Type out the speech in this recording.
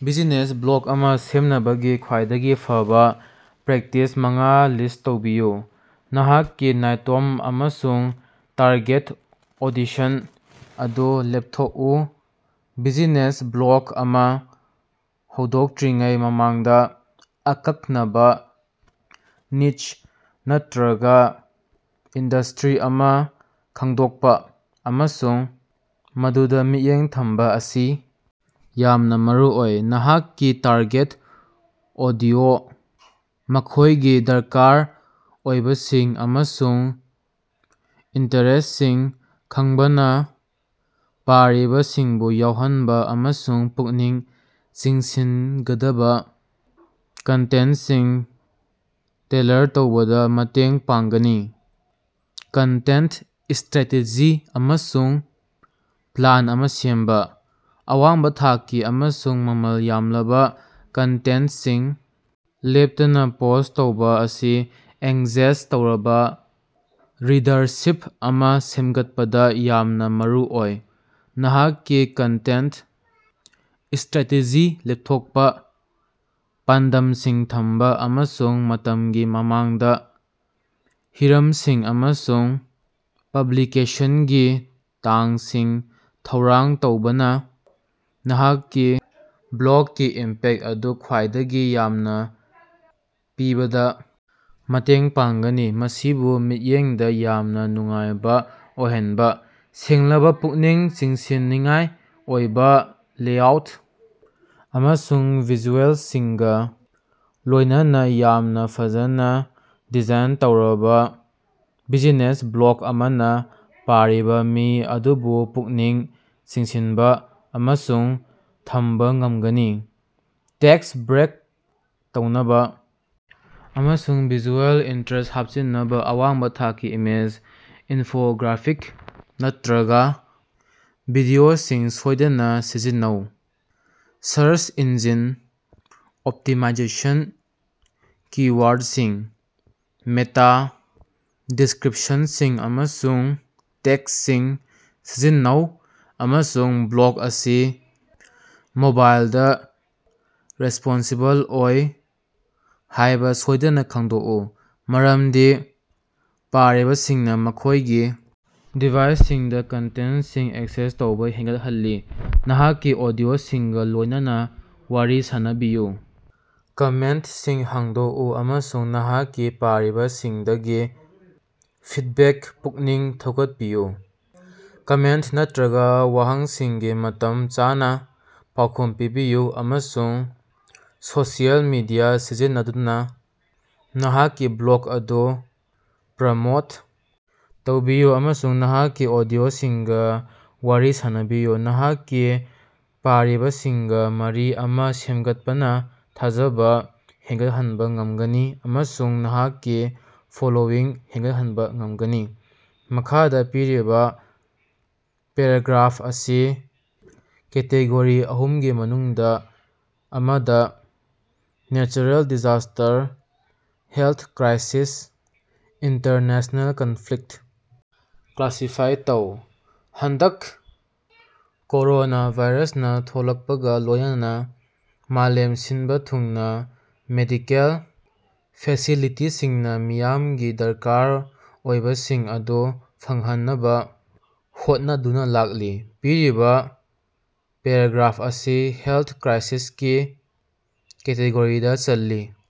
Business block ꯑꯃꯥ ꯁꯦꯝꯅꯕꯒꯤ ꯈ꯭ꯋꯥꯏꯗꯒꯤ ꯐꯕꯥ ꯄ꯭ꯔꯦꯛꯇꯤꯁ ꯃꯉꯥ ꯂꯤꯁ ꯇꯧꯕꯤꯌꯨ꯫ ꯅꯍꯥꯛꯀꯤ ꯅꯥꯏꯇꯣꯝ ꯑꯃꯁꯨꯡ ꯇꯥꯔꯒꯦꯠ ꯑꯣꯗꯤꯁꯟ ꯑꯗꯨ ꯂꯦꯞꯊꯣꯛꯎ: ꯕꯤꯖꯤꯅꯦꯁ ꯕ꯭ꯂꯣꯛ ꯑꯃꯥ ꯍꯧꯗꯣꯛꯇ꯭ꯔꯤꯉꯩ ꯃꯃꯥꯡꯗꯥ, ꯑꯀꯛꯅꯕꯥ ꯅꯤꯆ ꯅꯠꯇ꯭ꯔꯒꯥ ꯏꯟꯗꯁꯇ꯭ꯔꯤ ꯑꯃꯥ ꯈꯪꯗꯣꯛꯄꯥ ꯑꯃꯁꯨꯡ ꯃꯗꯨꯗꯥ ꯃꯤꯠꯌꯦꯡ ꯊꯝꯕꯥ ꯑꯁꯤ ꯌꯥꯝꯅꯥ ꯃꯔꯨꯑꯣꯏ꯫ ꯅꯍꯥꯛꯀꯤ ꯇꯥꯔꯒꯦꯠ ꯑꯣꯗꯤꯑꯣ, ꯃꯈꯣꯏꯒꯤ ꯗꯔꯀꯥꯔ ꯑꯣꯏꯕꯁꯤꯡ ꯑꯃꯁꯨꯡ ꯏꯟꯇꯔꯦꯁꯁꯤꯡ ꯈꯪꯕꯅꯥ ꯄꯥꯔꯤꯕꯁꯤꯡꯕꯨ ꯌꯥꯎꯍꯟꯕꯥ ꯑꯃꯁꯨꯡ ꯄꯨꯛꯅꯤꯡ ꯆꯤꯡꯁꯤꯟꯒꯗꯕꯥ ꯀꯟꯇꯦꯟꯁꯤꯡ ꯇꯦꯜꯂꯔ ꯇꯧꯕꯗꯥ ꯃꯇꯦꯡ ꯄꯥꯡꯒꯅꯤ꯫ ꯀꯟꯇꯦꯟꯇ ꯁ꯭ꯇꯔꯦꯇꯦꯖꯤ ꯑꯃꯁꯨꯡ ꯄ꯭ꯂꯥꯟ ꯑꯃꯥ ꯁꯦꯝꯕꯥ: ꯑꯋꯥꯡꯕꯥ ꯊꯥꯛꯀꯤ ꯑꯃꯁꯨꯡ ꯃꯃꯜ ꯌꯥꯝꯂꯕꯥ ꯀꯟꯇꯦꯟꯇꯁꯤꯡ ꯂꯦꯞꯇꯅꯥ ꯄꯣꯁ ꯇꯧꯕꯥ ꯑꯁꯤ ꯑꯦꯡꯒꯦꯖ ꯇꯧꯔꯕꯥ ꯔꯤꯗꯔꯁꯤꯞ ꯑꯃꯥ ꯁꯦꯝꯒꯠꯄꯗꯥ ꯌꯥꯝꯅꯥ ꯃꯔꯨꯑꯣꯏ꯫ ꯅꯍꯥꯛꯀꯤ ꯀꯟꯇꯦꯟꯇ ꯁ꯭ꯇꯔꯦꯇꯦꯖꯤ ꯂꯦꯞꯊꯣꯛꯄꯥ, ꯄꯥꯟꯗꯝꯁꯤꯡ ꯊꯝꯕꯥ ꯑꯃꯁꯨꯡ ꯃꯇꯝꯒꯤ ꯃꯃꯥꯡꯗꯥ ꯍꯤꯔꯝꯁꯤꯡ ꯑꯃꯁꯨꯡ ꯄꯕ꯭ꯂꯤꯀꯦꯁꯟꯒꯤ ꯇꯥꯡꯁꯤꯡ ꯊꯧꯔꯥꯡ ꯇꯧꯕꯅꯥ ꯅꯍꯥꯛꯀꯤ ꯕ꯭ꯂꯣꯛꯀꯤ ꯏꯝꯄꯦꯛ ꯑꯗꯨ ꯈ꯭ꯋꯥꯏꯗꯒꯤ ꯌꯥꯝꯅꯥ ꯄꯤꯕꯗꯥ ꯃꯇꯦꯡ ꯄꯥꯡꯒꯅꯤ꯫ ꯃꯁꯤꯕꯨ ꯃꯤꯠꯌꯦꯡꯗꯥ ꯌꯥꯝꯅꯥ ꯅꯨꯡꯉꯥꯏꯕꯥ ꯑꯣꯏꯍꯟꯕꯥ: ꯁꯦꯡꯂꯕꯥ, ꯄꯨꯛꯅꯤꯡ ꯆꯤꯡꯁꯤꯟꯅꯤꯡꯉꯥꯏ ꯑꯣꯏꯕꯥ ꯂꯦꯑꯥꯎꯠ ꯑꯃꯁꯨꯡ ꯚꯤꯖꯨꯑꯦꯜꯁꯤꯡꯒꯥ ꯂꯣꯏꯅꯅꯥ ꯌꯥꯝꯅꯥ ꯐꯖꯅꯥ ꯗꯤꯖꯥꯏꯟ ꯇꯧꯔꯕꯥ ꯕꯤꯖꯤꯅꯦꯁ ꯕ꯭ꯂꯣꯛ ꯑꯃꯅꯥ ꯄꯥꯔꯤꯕꯥ ꯃꯤ ꯑꯗꯨꯕꯨ ꯄꯨꯛꯅꯤꯡ ꯆꯤꯡꯁꯤꯟꯕꯥ ꯑꯃꯁꯨꯡ ꯊꯝꯕꯥ ꯉꯝꯒꯅꯤ꯫ ꯇꯦꯛꯁ ꯕ꯭ꯔꯦꯛ ꯇꯧꯅꯕꯥ ꯑꯃꯁꯨꯡ ꯚꯤꯖꯨꯑꯦꯜ ꯏꯟꯇ꯭ꯔꯦꯁ ꯍꯥꯞꯆꯤꯟꯅꯕꯥ ꯑꯋꯥꯡꯕꯥ ꯊꯥꯛꯀꯤ ꯏꯃꯦꯖ, ꯏꯟꯐꯣꯒ꯭ꯔꯥꯐꯤꯛ ꯅꯠꯇ꯭ꯔꯒꯥ ꯚꯤꯗꯤꯑꯣꯁꯤꯡ ꯁꯣꯏꯗꯅꯥ ꯁꯤꯖꯤꯟꯅꯧ꯫ ꯁꯔꯁ ꯏꯟꯖꯤꯟ ꯑꯣꯞꯇꯤꯃꯥꯏꯖꯦꯁꯟ ꯀꯤ-ꯋꯥꯔꯗꯁꯤꯡ, ꯃꯦꯇꯥ ꯗꯤꯁꯀ꯭ꯔꯤꯞꯁꯟꯁꯤꯡ ꯑꯃꯁꯨꯡ ꯇꯦꯛꯁꯤꯡ ꯁꯤꯖꯤꯟꯅꯧ ꯑꯃꯁꯨꯡ ꯕ꯭ꯂꯣꯛ ꯑꯁꯤ ꯃꯣꯕꯥꯏꯜꯗꯥ ꯔꯦꯁꯄꯣꯟꯁꯤꯕꯜ ꯑꯣꯏ ꯍꯥꯏꯕꯥ ꯁꯣꯏꯗꯅꯥ ꯈꯪꯗꯣꯛꯎ, ꯃꯔꯝꯗꯤ ꯄꯥꯔꯤꯕꯁꯤꯡꯅꯥ ꯃꯈꯣꯏꯒꯤ ꯗꯤꯚꯥꯏꯁꯁꯤꯡꯗꯥ ꯀꯟꯇꯦꯟꯇꯁꯤꯡ ꯑꯦꯛꯁꯦꯁ ꯇꯧꯕꯥ ꯍꯦꯟꯒꯠꯍꯜꯂꯤ꯫ ꯅꯍꯥꯛꯀꯤ ꯑꯣꯗꯤꯑꯣꯁꯤꯡꯒꯥ ꯂꯣꯏꯅꯅꯥ ꯋꯥꯔꯤ ꯁꯥꯅꯕꯤꯌꯨ: ꯀꯃꯦꯟꯇꯁꯤꯡ ꯍꯥꯡꯗꯣꯛꯎ ꯑꯃꯁꯨꯡ ꯅꯍꯥꯛꯀꯤ ꯄꯥꯔꯤꯕꯁꯤꯡꯗꯒꯤ ꯐꯤꯠꯕꯦꯛ ꯄꯨꯛꯅꯤꯡ ꯊꯧꯒꯠꯄꯤꯌꯨ꯫ ꯀꯃꯦꯟꯇ ꯅꯠꯇ꯭ꯔꯒꯥ ꯋꯥꯍꯪꯁꯤꯡꯒꯤ ꯃꯇꯝ ꯆꯥꯅꯥ ꯄꯥꯎꯈꯨꯝ ꯄꯤꯕꯤꯌꯨ ꯑꯃꯁꯨꯡ ꯁꯣꯁꯤꯑꯦꯜ ꯃꯤꯗꯤꯌꯥ ꯁꯤꯖꯤꯟꯅꯗꯨꯅꯥ ꯅꯍꯥꯛꯀꯤ ꯕ꯭ꯂꯣꯛ ꯑꯗꯨ ꯄ꯭ꯔꯃꯣꯠ ꯇꯧꯕꯤꯌꯨ ꯑꯃꯁꯨꯡ ꯅꯍꯥꯛꯀꯤ ꯑꯣꯗꯤꯑꯣꯁꯤꯡꯒꯥ ꯋꯥꯔꯤ ꯁꯥꯅꯕꯤꯌꯨ꯫ ꯅꯍꯥꯛꯀꯤ ꯄꯥꯔꯤꯕꯁꯤꯡꯒꯥ ꯃꯔꯤ ꯑꯃꯥ ꯁꯦꯝꯒꯠꯄꯅꯥ ꯊꯥꯖꯕꯥ ꯍꯦꯟꯒꯠꯍꯟꯕꯥ ꯉꯝꯒꯅꯤ ꯑꯃꯁꯨꯡ ꯅꯍꯥꯛꯀꯤ ꯐꯣꯂꯣꯋꯤꯡ ꯍꯦꯟꯒꯠꯍꯟꯕꯥ ꯉꯝꯒꯅꯤ꯫ ꯃꯈꯥꯗꯥ ꯄꯤꯔꯤꯕꯥ ꯄꯦꯔꯥꯒ꯭ꯔꯥꯐ ꯑꯁꯤ ꯀꯦꯇꯦꯒꯣꯔꯤ ꯑꯍꯨꯝꯒꯤ ꯃꯅꯨꯡꯗꯥ ꯑꯃꯗꯥ (natural disaster, health crisis, international conflict) classify ꯇꯧ꯫ ꯍꯟꯗꯛ ꯀꯣꯔꯣꯅꯥꯚꯥꯏꯔꯁꯅꯥ ꯊꯣꯛꯂꯛꯄꯒꯥ ꯂꯣꯏꯅꯅꯥ ꯃꯥꯂꯦꯝ ꯁꯤꯟꯕꯥ ꯊꯨꯡꯅꯥ ꯃꯦꯗꯤꯀꯦꯜ ꯐꯦꯁꯤꯂꯤꯇꯤꯁꯤꯡꯅꯥ ꯃꯤꯌꯥꯝꯒꯤ ꯗꯔꯀꯥꯔ ꯑꯣꯏꯕꯁꯤꯡ ꯑꯗꯨ ꯐꯪꯍꯟꯅꯕꯥ ꯍꯣꯠꯅꯗꯨꯅꯥ ꯂꯥꯛꯂꯤ꯫ ꯄꯤꯔꯤꯕꯥ ꯄꯦꯔꯥꯒ꯭ꯔꯥꯐ ꯑꯁꯤ ꯍꯦꯜꯊ ꯀ꯭ꯔꯥꯏꯁꯤꯁꯀꯤ ꯀꯦꯇꯦꯒꯣꯔꯤꯗꯥ ꯆꯜꯂꯤ꯫